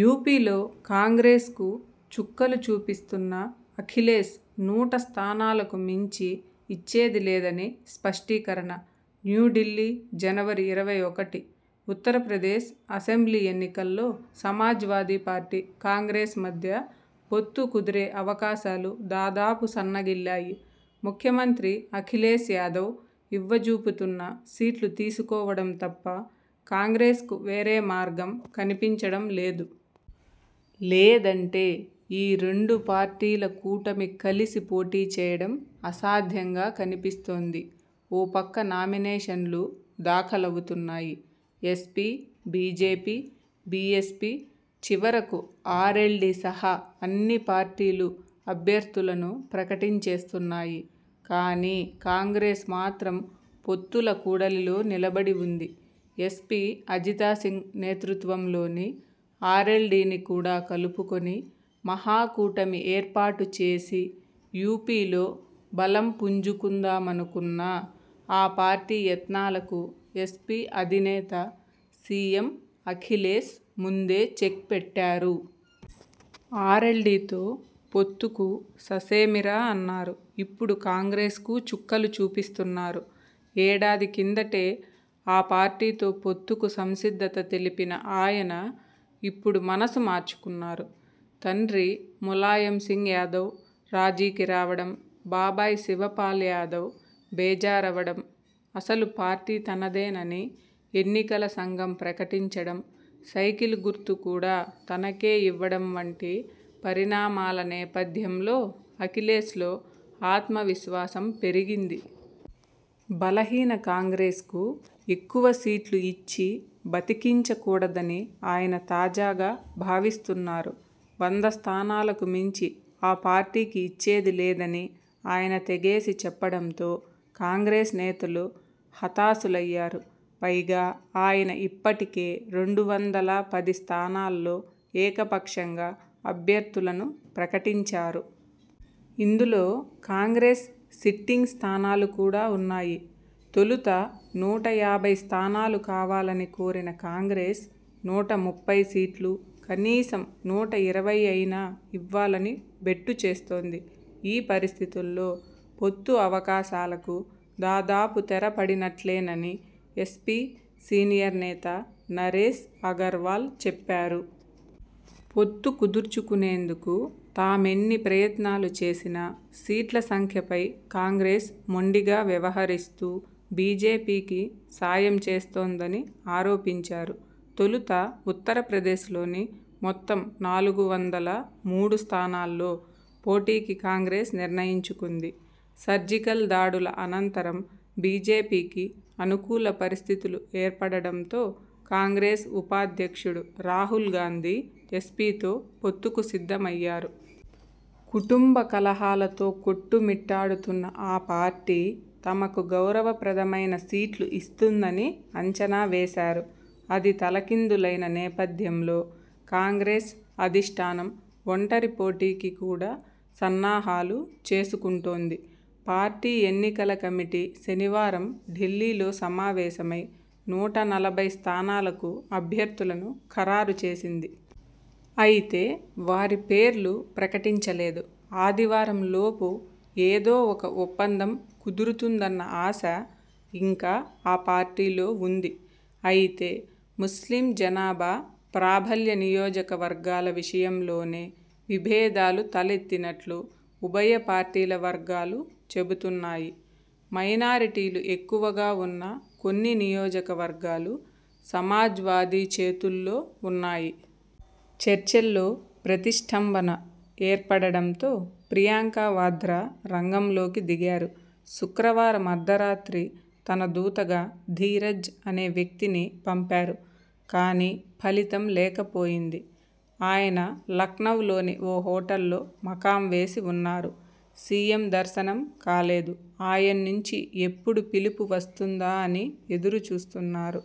యూపీలో కాంగ్రెస్కు చుక్కలు చూపిస్తున్న అఖిలేశ్ నూట స్థానాలకు మించి ఇచ్చేది లేదని స్పష్టీకరణ న్యూఢిల్లీ, జనవరి ఇరవై ఒకటి. ఉత్తరప్రదేశ్ అసెంబ్లీ ఎన్నికల్లో సమాజ్వాదీ పార్టీ, కాంగ్రెస్ మధ్య పొత్తు కుదిరే అవకాశాలు దాదాపు సన్నగిల్లాయి. ముఖ్యమంత్రి అఖిలేశ్ యాదవ్ ఇవ్వజూపుతున్న సీట్లు తీసుకోవడం తప్ప కాంగ్రెస్ కు వేరేమార్గం కనిపించడం లేదు. లేదంటే ఈ రెండు పార్టీల కూటమి కలిసి పోటీచేయడం అసాధ్యంగా కనిపిస్తోంది. ఓ పక్క నామినేషన్లు దాఖలవుతున్నాయి. ఎస్పీ, బీజేపీ, బీఎ్సపీ, చివరకు ఆర్ఎల్డీ సహా అన్ని పార్టీలూ అభ్యర్థులను ప్రకటించేస్తున్నాయి. కానీ కాంగ్రెస్ మాత్రం పొత్తుల కూడలిలో నిలబడి ఉంది. ఎస్పీ, అజితసింగ్ నేతృత్వంలోని ఆర్ఎల్డీని కూడా కలుపుకొని మహాకూటమి ఏర్పాటుచేసి యూపీలో బలం పుంజుకుందామనుకున్న ఆ పార్టీ యత్నాలకు ఎస్పీ అధినేత, సీఎం అఖిలేశ్ ముందే చెక్పెట్టారు. ఆర్ఎల్డీతో పొత్తుకు ససేమిరా అన్నారు. ఇప్పుడు కాంగ్రెస్కూ చుక్కలు చూపిస్తున్నారు. ఏడాది కిందటే ఆ పార్టీతో పొత్తుకు సంసిద్ధత తెలిపిన ఆయన, ఇప్పుడు మనసు మార్చుకున్నారు. తండ్రి ములాయంసింగ్ యాదవ్ రాజీకి రావడం, బాబాయి శివపాల్ యాదవ్ బేజారవడం, అసలు పార్టీ తనదేనని ఎన్నికల సంఘం ప్రకటించడం, సైకిల్ గుర్తు కూడా తనకే ఇవ్వడం వంటి పరిణామాల నేపథ్యంలో అఖిలేశ్లో ఆత్మవిశ్వాసం పెరిగింది. బలహీన కాంగ్రెస్ కు ఎక్కువ సీట్లు ఇచ్చి బతికించకూడదని ఆయన తాజాగా భావిస్తున్నారు. వంద స్థానాలకు మించి ఆ పార్టీకి ఇచ్చేది లేదని ఆయన తెగేసి చెప్పడంతో కాంగ్రెస్ నేతలు హతాశులయ్యారు. పైగా ఆయన ఇప్పటికే రెండు వందల పది స్థానాల్లో ఏకపక్షంగా అభ్యర్థులను ప్రకటించారు. ఇందులో కాంగ్రెస్ సిట్టింగ్ స్థానాలు కూడా ఉన్నాయి. తొలుత నూట యాభై స్థానాలు కావాలని కోరిన కాంగ్రెస్. నూట ముప్పై సీట్లు, కనీసం నూట ఇరవై అయినా ఇవ్వాలని బెట్టుచేస్తోంది. ఈ పరిస్థితుల్లో పొత్తు అవకాశాలకు దాదాపు తెరపడినట్లేనని ఎస్పీ సీనియర్ నేత నరేశ్ అగర్వాల్ చెప్పారు. పొత్తు కుదుర్చుకునేందుకు తామెన్ని ప్రయత్నాలు చేసినా, సీట్ల సంఖ్యపై కాంగ్రెస్ మొండిగా వ్యవహరిస్తూ బీజేపీకి సాయం చేస్తోందని ఆరోపించారు. తొలుత ఉత్తరప్రదేశ్లోని మొత్తం నాలుగు వందల మూడు స్థానాల్లో పోటీకి కాంగ్రెస్ నిర్ణయించుకుంది. సర్జికల్ దాడుల అనంతరం బీజేపీకి అనుకూల పరిస్థితులు ఏర్పడడంతో కాంగ్రెస్ ఉపాధ్యక్షుడు రాహుల్ గాంధీ ఎస్పీ తో పొత్తుకు సిద్ధమయ్యారు. కుటుంబ కలహాలతో కొట్టుమిట్టాడుతున్న ఆ పార్టీ, తమకు గౌరవప్రదమైన సీట్లు ఇస్తుందని అంచనా వేశారు. అది తలకిందులైన నేపథ్యంలో కాంగ్రెస్ అధిష్ఠానం ఒంటరి పోటీకి కూడా సన్నాహాలు చేసుకుంటోంది. పార్టీ ఎన్నికల కమిటీ శనివారం ఢిల్లీలో సమావేశమై. నూట నలభై స్థానాలకు అభ్యర్థులను ఖరారు చేసింది. అయితే వారి పేర్లు ప్రకటించలేదు. ఆదివారం లోపు ఏదో ఒక ఒప్పందం కుదురుతుందన్న ఆశ ఇంకా ఆ పార్టీలో ఉంది. అయితే, ముస్లిం జనాభా ప్రాబల్య నియోజకవర్గాల విషయంలోనే విభేదాలు తలెత్తినట్లు ఉభయ పార్టీల వర్గాలు చెబుతున్నాయి. మైనారిటీలు ఎక్కువగా ఉన్న కొన్ని నియోజకవర్గాలు సమాజ్వాదీ చేతుల్లో ఉన్నాయి. చర్చల్లో ప్రతిష్టంభన ఏర్పడడంతో ప్రియాంకా వాధ్రా రంగంలోకి దిగారు. శుక్రవారం అర్ధరాత్రి తన దూతగా 'ధీరజ్' అనే వ్యక్తిని పంపారు. కానీ ఫలితం లేకపోయింది. ఆయన లఖ్నవ్ లోని ఓ హోటల్లో మకాం వేసి ఉన్నారు. సీఎం దర్శనం కాలేదు. ఆయన్నుంచి ఎప్పుడు పిలుపు వస్తుందా అని ఎదురుచూస్తున్నారు.